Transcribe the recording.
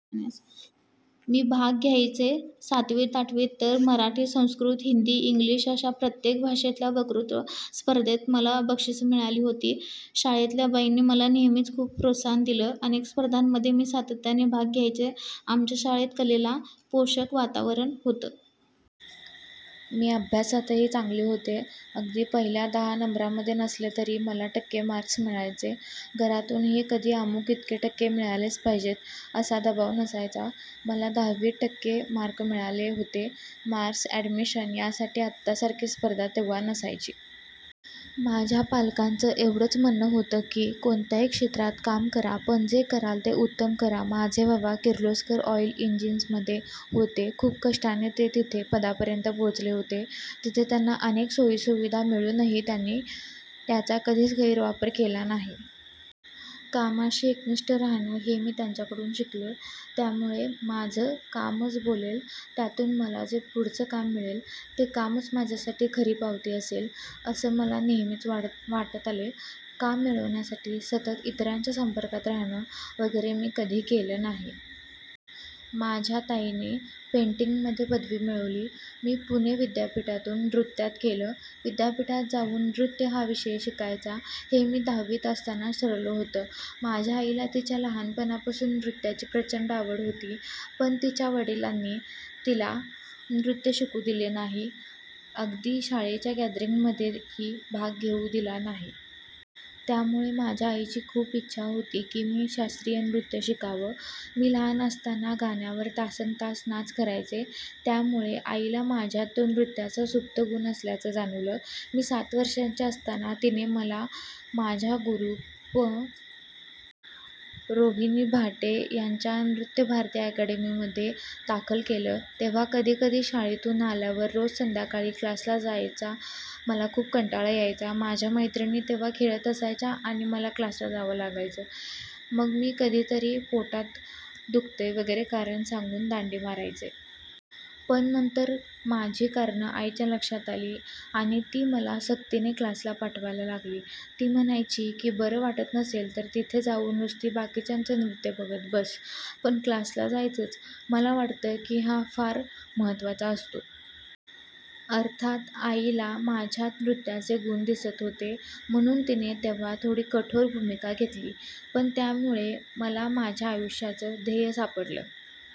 मी भाग घ्यायचे. सातवी-आठवीत तर मराठी, संस्कृत, हिंदी, इंग्लिश अशा प्रत्येक भाषेतल्या वक्तृत्व स्पर्धेत मला बक्षिसं मिळाली होती! शाळेतल्या बाईंनी मला नेहमीच खूप प्रोत्साहन दिलं. अनेक स्पर्धांमध्ये मी सातत्याने भाग घ्यायचे. आमच्या शाळेत कलेला पोषक वातावरण होतं. मी अभ्यासातही चांगली होते. अगदी पहिल्या दहा नंबरांमध्ये नसले तरी मला टक्के मार्क्स मिळायचे. घरातूनही कधी 'अमुक इतके टक्के मिळालेच पाहिजेत' असा दबाव नसायचा. मला दहावीत टक्के मिळाले होते. मार्क्स, अॅडमिशन यासाठी आत्तासारखी स्पर्धा तेव्हा नसायची. माझ्या पालकांचं एवढंच म्हणणं होतं की, कोणत्याही क्षेत्रात काम करा पण जे कराल ते उत्तम करा. माझे बाबा 'किर्लोस्कर ऑइल इंजिन्स'मध्ये होते, खूप कष्टाने ते तिथे.. पदापर्यंत पोहोचले होते. तिथे त्यांना अनेक सोयीसुविधा मिळूनही त्यांनी त्याचा कधीच गैरवापर केला नाही. कामाशी एकनिष्ठ राहणं हे मी त्यांच्याकडून शिकले. त्यामुळे 'माझं कामच बोलेल, त्यातून मला जे पुढचं काम मिळेल ते कामच माझ्यासाठी खरी पावती असेल,' असं मला नेहमीच वाटत आलंय. काम मिळवण्यासाठी सतत इतरांच्या संपर्कात राहणं वगैरे मी कधी केलं नाही. माझ्या ताईने पेंटिंगमध्ये पदवी मिळवली. मी पुणे विद्यापीठातून नृत्यात.. केलं. विद्यापीठात जाऊन 'नृत्य' हा विषय शिकायचा हे मी दहावीत असतानाच ठरवलं होतं. माझ्या आईला तिच्या लहानपणापासूनच नृत्याची प्रचंड आवड होती. पण तिच्या वडिलांनी तिला नृत्य शिकू दिलं नाही, अगदी शाळेच्या गॅदरिंगमध्येही भाग घेऊ दिला नाही. त्यामुळे माझ्या आईची खूप इच्छा होती की मी शास्त्रीय नृत्य शिकावं. मी लहान असताना गाण्यांवर तासन्तास नाच करत असायचे. त्यामुळे आईला माझ्यात तो नृत्याचा सुप्त गुण असल्याचं जाणवलं. मी सात वर्षांची असताना तिने मला, माझ्या गुरू पं. रोहिणी भाटे यांच्या नृत्यभारती अॅकडमीमध्ये दाखल केलं. तेव्हा कधीकधी शाळेतून आल्यावर रोज संध्याकाळी क्लासला जायचा मला खूप कंटाळा यायचा. माझ्या मैत्रिणी तेव्हा खेळत असायच्या आणि मला क्लासला जावं लागायचं! मग मी कधीतरी 'पोटात दुखतंय' वगैरे कारणं सांगून दांडी मारायचे. पण नंतर माझी कारणं आईच्या लक्षात आली आणि ती मला सक्तीने क्लासला पाठवायला लागली. ती म्हणायची की बरं वाटत नसेल तर तिथे जाऊन नुसती बाकीच्यांचं नृत्य बघत बस, पण क्लासला जायचंच. मला वाटतं की, हा फार महत्त्वाचा असतो. अर्थात आईला माझ्यात नृत्याचे गुण दिसत होते म्हणून तिने तेव्हा थोडी कठोर भूमिका घेतली. पण त्यामुळे मला माझ्या आयुष्याचं 'ध्येय' सापडलं!